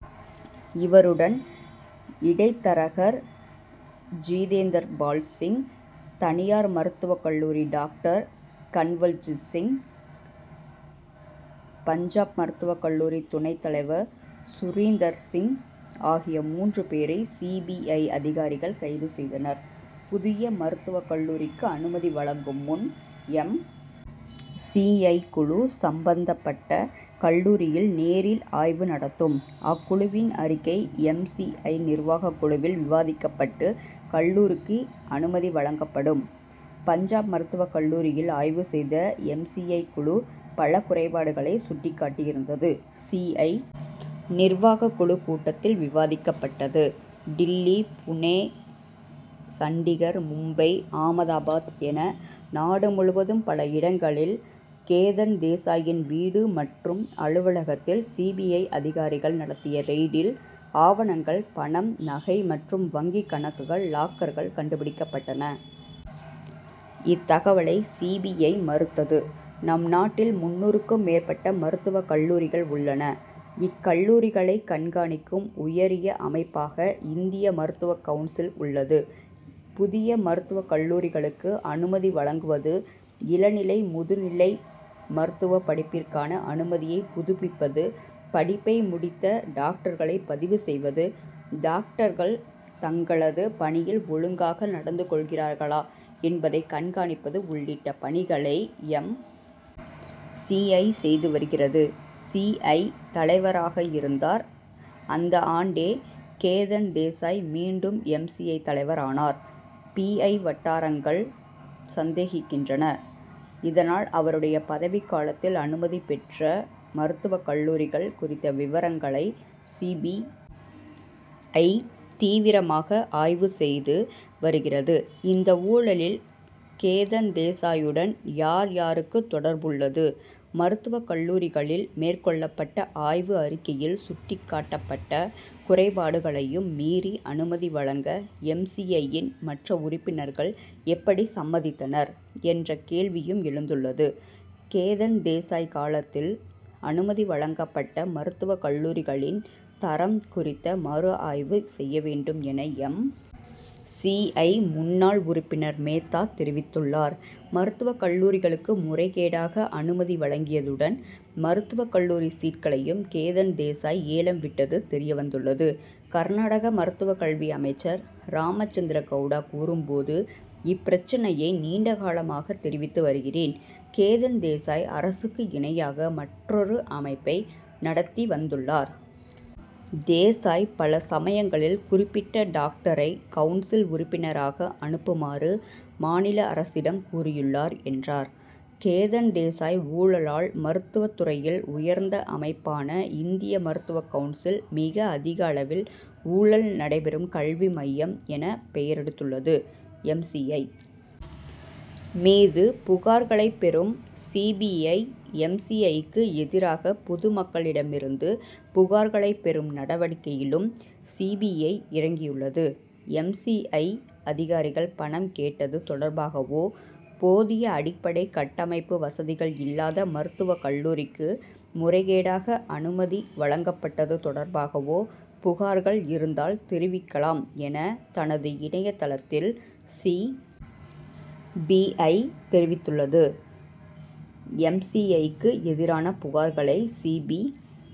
இவருடன் இடைத்தரகர் ஜிதேந்தர்பால் சிங் தனியார் மருத்துவக் கல்லூரி டாக்டர் கன்வல்ஜித் சிங் பஞ்சாப் மருத்துவக் கல்லூரி துணைத் தலைவர் சுரீந்தர் சிங் ஆகிய மூன்று பேரை சி. பி. ஐ. அதிகாரிகள் கைது செய்தனர். புதிய மருத்துவக் கல்லூரிக்கு அனுமதி வழங்கும் முன் எம். சி. ஐ. குழு சம்பந்தப்பட்ட கல்லூரியில் நேரில் ஆய்வு நடத்தும். அக்குழுவின் அறிக்கை எம். சி. ஐ. நிர்வாகக் குழுவில் விவாதிக்கப்பட்டு கல்லூரிக்கு அனுமதி வழங்கப்படும். பஞ்சாப் மருத்துவக் கல்லூரியில் ஆய்வு செய்த எம். சி. ஐ. குழு பல குறைபாடுகளை சுட்டிக்காட்டியிருந்தது. சி. ஐ. நிர்வாகக் குழு கூட்டத்தில் விவாதிக்கப்பட்டது. டில்லி புனே சண்டிகர் மும்பை ஆமதாபாத் என நாடு முழுவதும் பல இடங்களில் கேதன் தேசாயின் வீடு மற்றும் அலுவலகத்தில் சி. பி. ஐ. அதிகாரிகள் நடத்திய ரெய்டில் ஆவணங்கள் பணம் நகை மற்றும் வங்கிக் கணக்குகள் லாக்கர்கள் கண்டுபிடிக்கப்பட்டன. இத்தகவலை சி. பி. ஐ. மறுத்தது. நம் நாட்டில் முந்நூறுக்கும் மேற்பட்ட மருத்துவக் கல்லூரிகள் உள்ளன. இக்கல்லூரிகளைக் கண்காணிக்கும் உயரிய அமைப்பாக இந்திய மருத்துவக் கவுன்சில் உள்ளது. புதிய மருத்துவக் கல்லூரிகளுக்கு அனுமதி வழங்குவது இளநிலை முதுநிலை மருத்துவப் படிப்பிற்கான அனுமதியை புதுப்பிப்பது படிப்பை முடித்த டாக்டர்களை பதிவு செய்வது டாக்டர்கள் தங்களது பணியில் ஒழுங்காக நடந்துகொள்கிறார்களா என்பதை கண்காணிப்பது உள்ளிட்ட பணிகளை எம். சி. ஐ. செய்து வருகிறது. சி. ஐ. தலைவராக இருந்தார். அந்த ஆண்டே கேதன் தேசாய் மீண்டும் எம். சி. ஐ. தலைவரானார். பி. ஐ. வட்டாரங்கள் சந்தேகிக்கின்றன. இதனால் அவருடைய பதவிக் காலத்தில் அனுமதி பெற்ற மருத்துவக் கல்லூரிகள் குறித்த விவரங்களை சி. பி. ஐ. தீவிரமாக ஆய்வு செய்து வருகிறது. இந்த ஊழலில் கேதன் தேசாயுடன் யார் யாருக்கு தொடர்புள்ளது மருத்துவக் கல்லூரிகளில் மேற்கொள்ளப்பட்ட ஆய்வு அறிக்கையில் சுட்டிக்காட்டப்பட்ட குறைபாடுகளையும் மீறி அனுமதி வழங்க எம். சி. ஐ.யின் மற்ற உறுப்பினர்கள் எப்படி சம்மதித்தனர் என்ற கேள்வியும் எழுந்துள்ளது. கேதன் தேசாய் காலத்தில் அனுமதி வழங்கப்பட்ட மருத்துவக் கல்லூரிகளின் தரம் குறித்த மறுஆய்வு செய்ய வேண்டும் என எம். சி. ஐ. முன்னாள் உறுப்பினர் மேத்தா தெரிவித்துள்ளார். மருத்துவக் கல்லூரிகளுக்கு முறைகேடாக அனுமதி வழங்கியதுடன் மருத்துவக் கல்லூரி சீட்களையும் கேதன் தேசாய் ஏலம் விட்டது தெரியவந்துள்ளது. கர்நாடக மருத்துவக் கல்வி அமைச்சர் ராமச்சந்திர கவுடா கூறும்போது இப்பிரச்னையை நீண்டகாலமாக தெரிவித்து வருகிறேன். கேதன் தேசாய் அரசுக்கு இணையாக மற்றொரு அமைப்பை நடத்தி வந்துள்ளார். தேசாய் பல சமயங்களில் குறிப்பிட்ட டாக்டரை கவுன்சில் உறுப்பினராக அனுப்புமாறு மாநில அரசிடம் கூறியுள்ளார் என்றார். கேதன் தேசாய் ஊழலால் மருத்துவத் துறையில் உயர்ந்த அமைப்பான இந்திய மருத்துவக் கவுன்சில் மிக அதிகளவில் ஊழல் நடைபெறும் கல்வி மையம் என பெயரெடுத்துள்ளது. எம். சி. ஐ. மீது புகார்களை பெறும் C. B. I. M. C. ஐ.க்கு எதிராக பொதுமக்களிடமிருந்து புகார்களை பெறும் நடவடிக்கையிலும் சி. பி. ஐ. இறங்கியுள்ளது. எம். சி. ஐ. அதிகாரிகள் பணம் கேட்டது தொடர்பாகவோ போதிய அடிப்படை கட்டமைப்பு வசதிகள் இல்லாத மருத்துவக் கல்லூரிக்கு முறைகேடாக அனுமதி வழங்கப்பட்டது தொடர்பாகவோ புகார்கள் இருந்தால் தெரிவிக்கலாம் என தனது இணையதளத்தில் சி. பி. ஐ. தெரிவித்துள்ளது. எம். சி. ஐ.க்கு எதிரான புகார்களை சி. பி.